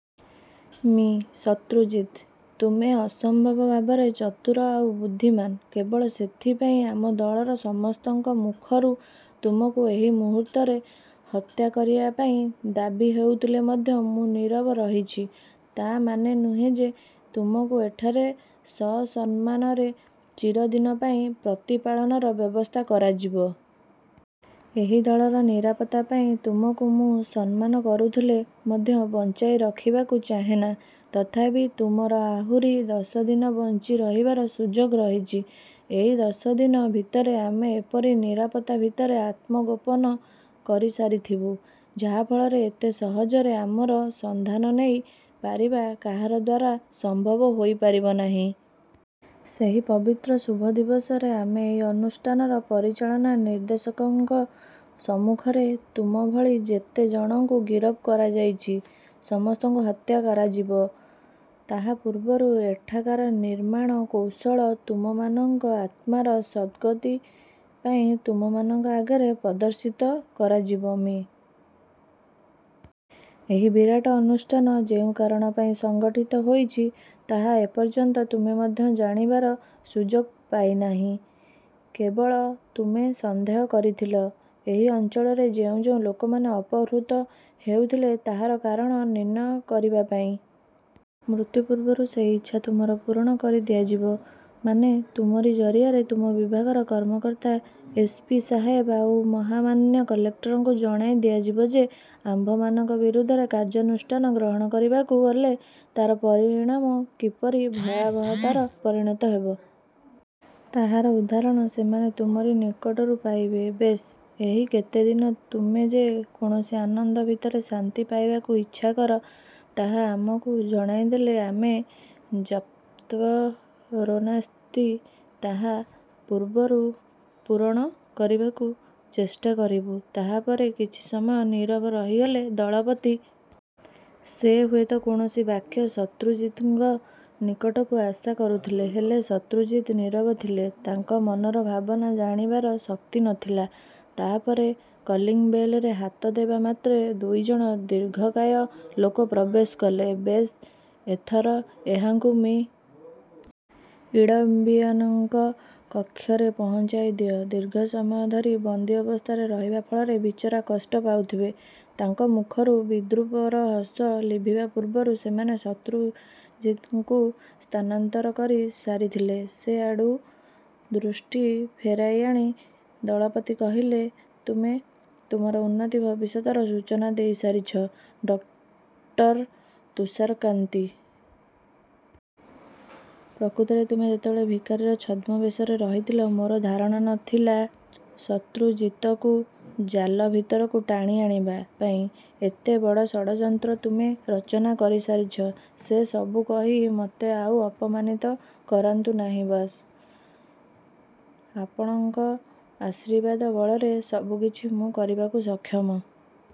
ମି. ଶତ୍ରୁଜିତ! ତୁମେ ଅସମ୍ଭବ ଭାବରେ ଚତୁର ଆଉ ବୁଦ୍ଧିମାନ। କେବଳ ସେଇଥିପାଇଁ ଆମ ଦଳର ସମସ୍ତଙ୍କ ମୁଖରୁ ତୁମକୁ ଏହି ମୁହୂର୍ତ୍ତରେ ହତ୍ୟା କରିବା ପାଇଁ ଦାବି ହେଉଥିଲେ ମଧ୍ୟ ମୁଁ ନୀରବ ରହିଛି। ତା ମାନେ ନୁହେଁ ଯେ ତୁମକୁ ଏଠାରେ ସସମ୍ମାନରେ ଚିରଦିନ ପାଇଁ ପ୍ରତିପାଳନର ବ୍ୟବସ୍ଥା କରାଯିବ। ଏହି ଦଳର ନିରାପତ୍ତା ପାଇଁ ତୁମକୁ ମୁଁ ସମ୍ମାନ କରୁଥିଲେ ମଧ୍ୟ ବଞ୍ଚାଇ ରଖିବାକୁ ଚାହେଁ ନା। ତଥାପି ତୁମର ଆହୁରି ଦଶ ଦିନ ବଞ୍ଚି ରହିବାର ସୁଯୋଗ ରହିଛି। ଏହି ଦଶ ଦିନ ଭିତରେ ଆମେ ଏପରି ନିରାପତ୍ତା ଭିତରେ ଆତ୍ମଗୋପନ କରି ସାରିଥିବୁ, ଯାହା ଫଳରେ ଏତେ ସହଜରେ ଆମର ସନ୍ଧାନ ନେଇ ପାରିବା କାହାର ଦ୍ୱାରା ସମ୍ଭବ ହୋଇ ପାରିବ ନାହିଁ। ସେହି ପବିତ୍ର ଶୁଭ ଦିବସରେ ଆମ ଏହି ଅନୁଷ୍ଠାନର ପରିଚାଳନା ନିର୍ଦ୍ଦେଶକଙ୍କ ସମ୍ମୁଖରେ ତୁମ ଭଳି ଯେତେ ଜଣଙ୍କୁ ଗିରଫ କରାଯାଇଛି, ସମସ୍ତଙ୍କୁ ହତ୍ୟା କରାଯିବ। ତାହା ପୂର୍ବରୁ ଏଠାକାର ନିର୍ମାଣ କୌଶଳ ତୁମମାନଙ୍କ ଆତ୍ମାର ସଦ୍‌ଗତି ପାଇଁ ତୁମମାନଙ୍କ ଆଗରେ ପ୍ରଦର୍ଶିତ କରାଯିବ। ମି. ଏହି ବିରାଟ ଅନୁଷ୍ଠାନ ଯେଉଁ କାରଣ ପାଇଁ ସଂଗଠିତ ହୋଇଛି, ତାହା ଏ ପର୍ଯ୍ୟନ୍ତ ତୁମେ ମଧ୍ୟ ଜାଣିବାର ସୁଯୋଗ ପାଇ ନାହିଁ। କେବଳ ତୁମେ ସନ୍ଦେହ କରିଥିଲ, ଏହି ଅଞ୍ଚଳରେ ଯେଉଁ ଯେଉଁ ଲୋକମାନେ ଅପହୃତ ହେଉଥିଲେ, ତାହାର କାରଣ ନିର୍ଣ୍ଣୟ କରିବା ପାଇଁ। ମୃତ୍ୟୁ ପୂର୍ବରୁ ସେହି ଇଚ୍ଛା ତୁମର ପୂରଣ କରି ଦିଆଯିବ। ମାନେ, ତୁମରି ଜରିଆରେ ତୁମ ବିଭାଗର କର୍ମକର୍ତ୍ତା ଏସ୍. ପି. ସାହେବ ଆଉ ମହାମାନ୍ୟ କଲେକ୍ଟରଙ୍କୁ ଜଣାଇ ଦିଆଯିବ ଯେ, ଆମ୍ଭମାନଙ୍କ ବିରୁଦ୍ଧରେ କାର୍ଯ୍ୟାନୁଷ୍ଠାନ ଗ୍ରହଣ କରିବାକୁ ଗଲେ ତାର ପରିଣାମ କିପରି ଭୟାବହତାରେ ପରିଣତ ହେବ। ତାହାର ଉଦାହରଣ ସେମାନେ ତୁମରି ନିକଟରୁ ପାଇବେ। ବେଶ୍, ଏହି କେତେ ଦିନ ତୁମେ ଯେ କୌଣସି ଆନନ୍ଦ ଭିତରେ ଶାନ୍ତି ପାଇବାକୁ ଇଚ୍ଛାକର, ତାହା ଆମକୁ ଜଣାଇଦେଲେ ଆମେ ଯତ୍ପରୋନାସ୍ତି ତାହା ପୂର୍ବରୁ ପୂରଣ କରିବାକୁ ଚେଷ୍ଟା କରିବୁ। ତା ପରେ କିଛି ସମୟ ନୀରବ ରହିଗଲେ ଦଳପତି। ସେ ହୁଏ ତ କୌଣସି ବାକ୍ୟ ଶତ୍ରୁଜିତଙ୍କ ନିକଟରୁ ଆଶା କରୁଥିଲେ। ହେଲେ, ଶତ୍ରୁଜିତ ନୀରବ ଥିଲେ। ତାଙ୍କ ମନର ଭାବନା ଜାଣିବାର ଶକ୍ତି ନ ଥିଲା। ତା ପରେ କଲିଂବେଲରେ ହାତ ଦେବା ମାତ୍ରେ ଦୁଇ ଜଣ ଦୀର୍ଘକାୟ ଲୋକ ପ୍ରବେଶ କଲେ। ବେଶ୍, ଏଥର ଏହାଙ୍କୁ ମି. ଇଡମ୍ବିଏନ୍‌ଙ୍କ କକ୍ଷରେ ପହଞ୍ଚାଇ ଦିଅ। ଦୀର୍ଘ ସମୟ ଧରି ବନ୍ଦୀ ଅବସ୍ଥାରେ ରହିବା ଫଳରେ ବିଚରା କଷ୍ଟ ପାଉଥିବେ। ତାଙ୍କ ମୁଖରୁ ବିଦ୍ରୂପର ହସ ଲିଭିବା ପୂର୍ବରୁ ସେମାନେ ଶତ୍ରୁଜିତଙ୍କୁ ସ୍ଥାନାନ୍ତର କରି ସାରିଥିଲେ। ସେ ଆଡ଼ୁ ଦୃଷ୍ଟି ଫେରାଇ ଆଣି ଦଳପତି କହିଲେ, ତୁମେ। ତୁମର ଉନ୍ନତ ଭବିଷ୍ୟତର ସୂଚନା ଦେଇ ସାରିଛ, ଡକ୍ଟର ତୁଷାରକାନ୍ତି। ପ୍ରକୃତରେ ତୁମେ ଯେତେବେଳେ ଭିକାରୀର ଛଦ୍ମବେଶରେ ରହିଥିଲ, ମୋର ଧାରଣା ନ ଥିଲା ଶତ୍ରୁଜିତକୁ ଜାଲ ଭିତରକୁ ଟାଣି ଆଣିବା ପାଇଁ ଏତେ ବଡ଼ ଷଡ଼ଯନ୍ତ୍ର ତୁମେ ରଚନା କରି ସାରିଛ। ସେ ସବୁ କହି ମୋତେ ଆଉ ଅପମାନିତ କରାନ୍ତୁ ନାହିଁ, ବସ୍। ଆପଣଙ୍କର ଆଶୀର୍ବାଦ ବଳରେ ସବୁ କିଛି ମୁଁ କରିବାକୁ ସକ୍ଷମ।